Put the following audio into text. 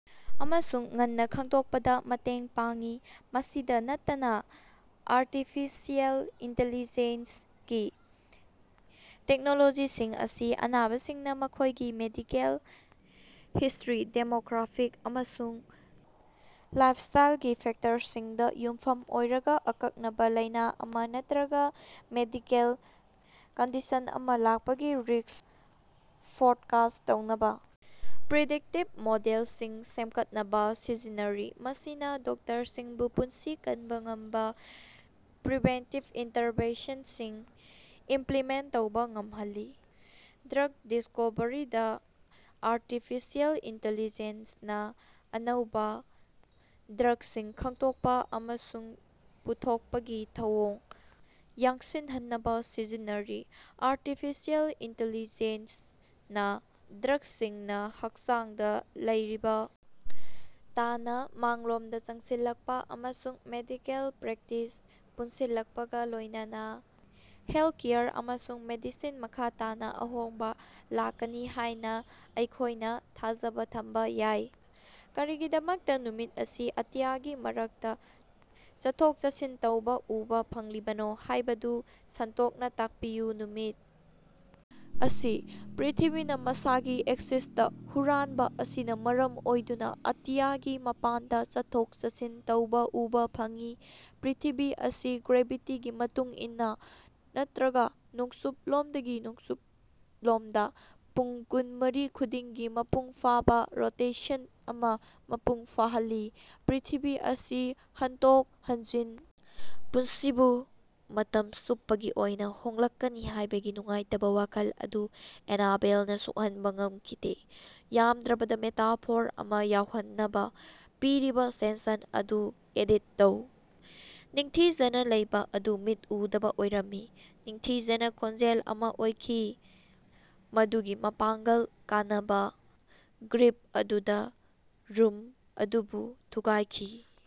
ꯑꯃꯁꯨꯡ ꯉꯟꯅ ꯈꯪꯗꯣꯛꯄꯗ ꯃꯇꯦꯡ ꯄꯥꯡꯏ꯫ ꯃꯁꯤꯗ ꯅꯠꯇꯅ, ꯑꯔꯇꯤꯐꯤꯁꯤꯑꯦꯜ ꯏꯟꯇꯦꯂꯤꯖꯦꯟꯁ ꯒꯤ ꯇꯦꯛꯅꯣꯂꯣꯖꯤꯁꯤꯡ ꯑꯁꯤ ꯑꯅꯥꯕꯁꯤꯡꯅ ꯃꯈꯣꯏꯒꯤ ꯃꯦꯗꯤꯀꯦꯜ ꯍꯤꯁꯇ꯭ꯔꯤ, ꯗꯦꯃꯣꯒ꯭ꯔꯥꯐꯤꯛ, ꯑꯃꯁꯨꯡ ꯂꯥꯏꯐꯁ꯭ꯇꯥꯏꯜꯒꯤ ꯐꯦꯛꯇꯔꯁꯤꯡꯗ ꯌꯨꯝꯐꯝ ꯑꯣꯏꯔꯒ ꯑꯀꯛꯅꯕ ꯂꯥꯏꯅ ꯑꯃ ꯅꯠꯇ꯭ꯔꯒ ꯃꯦꯗꯤꯀꯦꯜ ꯀꯟꯗꯤꯁꯟ ꯑꯃ ꯂꯥꯛꯄꯒꯤ ꯔꯤꯁ꯭ꯛ ꯐꯣꯔꯀꯥꯁ ꯇꯧꯅꯕ ꯄ꯭ꯔꯤꯗꯤꯛꯇꯤꯚ ꯃꯣꯗꯦꯜꯁꯤꯡ ꯁꯦꯝꯒꯠꯅꯕ ꯁꯤꯖꯤꯟꯅꯔꯤ꯫ ꯃꯁꯤꯅ ꯗꯣꯛꯇꯔꯁꯤꯡꯕꯨ ꯄꯨꯟꯁꯤ ꯀꯟꯕ ꯉꯝꯕ ꯄ꯭ꯔꯤꯚꯦꯟꯇꯤꯚ ꯏꯟꯇꯔꯚꯦꯟꯁꯟꯁꯤꯡ ꯏꯝꯄ꯭ꯂꯤꯃꯦꯟꯇ ꯇꯧꯕ ꯉꯝꯍꯜꯂꯤ꯫ ꯗ꯭ꯔꯒ ꯗꯤꯁꯀꯣꯚꯔꯤꯗꯥ ꯑꯥꯔꯇꯤꯐꯤꯁꯤꯑꯦꯜ ꯏꯟꯇꯤꯂꯤꯖꯦꯟꯁ ꯅꯥ ꯑꯅꯧꯕ ꯗ꯭ꯔꯒꯁꯤꯡ ꯈꯪꯗꯣꯛꯄ ꯑꯃꯁꯨꯡ ꯄꯨꯊꯣꯛꯄꯒꯤ ꯊꯧꯑꯣꯡ ꯌꯥꯡꯁꯤꯜꯍꯟꯅꯕ ꯁꯤꯖꯤꯟꯅꯔꯤ꯫ ꯑꯥꯔꯇꯤꯐꯤꯁꯤꯑꯦꯜ ꯏꯟꯇꯤꯂꯤꯖꯦꯟꯁ ꯅꯥ ꯗ꯭ꯔꯒꯁꯤꯡꯅ ꯍꯛꯆꯥꯡꯗ ꯂꯩꯔꯤꯕ ꯇꯥꯅ ꯃꯥꯡꯂꯣꯝꯗ ꯆꯪꯁꯤꯜꯂꯛꯄ ꯑꯃꯁꯨꯡ ꯃꯦꯗꯤꯀꯦꯜ ꯄ꯭ꯔꯦꯛꯇꯤꯁꯇ ꯄꯨꯟꯁꯤꯜꯂꯛꯄꯒ ꯂꯣꯏꯅꯥꯅ ꯍꯦꯜꯊꯀꯦꯌꯔ ꯑꯃꯁꯨꯡ ꯃꯦꯗꯤꯁꯤꯟꯗ ꯃꯈꯥ ꯇꯥꯅ ꯑꯍꯣꯡꯕ ꯂꯥꯛꯀꯅꯤ ꯍꯥꯏꯅ ꯑꯩꯈꯣꯏꯅ ꯊꯥꯖꯕ ꯊꯝꯕ ꯌꯥꯏ꯫ ꯀꯔꯤꯒꯤꯗꯃꯛꯇꯥ ꯅꯨꯃꯤꯠ ꯑꯁꯤ ꯑꯇꯤꯌꯥꯒꯤ ꯃꯔꯛꯇ ꯆꯠꯊꯣꯛ-ꯆꯠꯁꯤꯟ ꯇꯧꯕ ꯎꯕ ꯐꯪꯂꯤꯕꯅꯣ ꯍꯥꯏꯕꯗꯨ ꯁꯟꯗꯣꯛꯅ ꯇꯥꯛꯄꯤꯌꯨ꯫ ꯅꯨꯃꯤꯠ ꯑꯁꯤ ꯄ꯭ꯔ꯭ꯤꯊꯤꯕꯤꯅ ꯃꯁꯥꯒꯤ ꯑꯦꯛꯁꯤꯁꯇꯥ ꯍꯨꯔꯥꯟꯕ ꯑꯁꯤꯅ ꯃꯔꯝ ꯑꯣꯏꯗꯨꯅ ꯑꯇꯤꯌꯥꯒꯤ ꯃꯄꯥꯟꯗ ꯆꯠꯊꯣꯛ-ꯆꯠꯁꯤꯟ ꯇꯧꯕ ꯎꯕ ꯐꯪꯏ꯫ ꯄ꯭ꯔ꯭ꯤꯊꯤꯕꯤ ꯑꯁꯤ ꯒ꯭ꯔꯦꯚꯤꯇꯤꯒꯤ ꯃꯇꯨꯡ ꯏꯟꯅꯥ, ꯅꯠꯇ꯭ꯔꯒ ꯅꯣꯡꯆꯨꯞꯂꯣꯝꯗꯒꯤ ꯅꯣꯡꯆꯨꯝꯂꯣꯝꯗ, ꯄꯨꯡ ꯀꯨꯟꯃꯔꯤ ꯈꯨꯗꯤꯡꯒꯤ ꯃꯄꯨꯡꯐꯥꯕ ꯔꯣꯇꯦꯁꯟ ꯑꯃ ꯃꯄꯨꯡ ꯐꯥꯍꯜꯂꯤ꯫ ꯄ꯭ꯔ꯭ꯤꯊꯤꯕꯤ ꯑꯁꯤ ꯍꯟꯗꯣꯛ-ꯍꯟꯖꯤꯟ ꯄꯨꯟꯁꯤꯕꯨ ꯃꯇꯝ ꯆꯨꯞꯄꯒꯤ ꯑꯣꯏꯅ ꯍꯣꯡꯂꯛꯀꯅꯤ ꯍꯥꯏꯕꯒꯤ ꯅꯨꯡꯉꯥꯏꯇꯕ ꯋꯥꯈꯜ ꯑꯗꯨ ꯑꯅꯥꯕꯦꯜꯅꯥ ꯁꯣꯛꯍꯟꯕ ꯉꯝꯈꯤꯗꯦ꯫ ꯌꯥꯝꯗ꯭ꯔꯕꯗ ꯃꯦꯇꯥꯐꯣꯔ ꯑꯃ ꯌꯥꯎꯍꯟꯅꯕ ꯄꯤꯔꯤꯕ ꯁꯦꯟꯁꯟ ꯑꯗꯨ ꯑꯦꯗꯤꯠ ꯇꯧ꯫ ꯅꯤꯡꯊꯤꯖꯅ ꯂꯩꯕ ꯑꯗꯨ ꯃꯤꯠ ꯎꯗꯕ ꯑꯣꯏꯔꯝꯃꯤ꯫ ꯅꯤꯡꯊꯤꯖꯅꯥ ꯈꯣꯟꯖꯦꯜ ꯑꯃ ꯑꯣꯏꯈꯤ, ꯃꯗꯨꯒꯤ ꯃꯄꯥꯡꯒꯜ ꯀꯅꯥꯕ ꯒ꯭ꯔꯤꯞ ꯑꯗꯨꯗ ꯔꯨꯝ ꯑꯗꯨꯕꯨ ꯊꯨꯒꯥꯏꯈꯤ꯫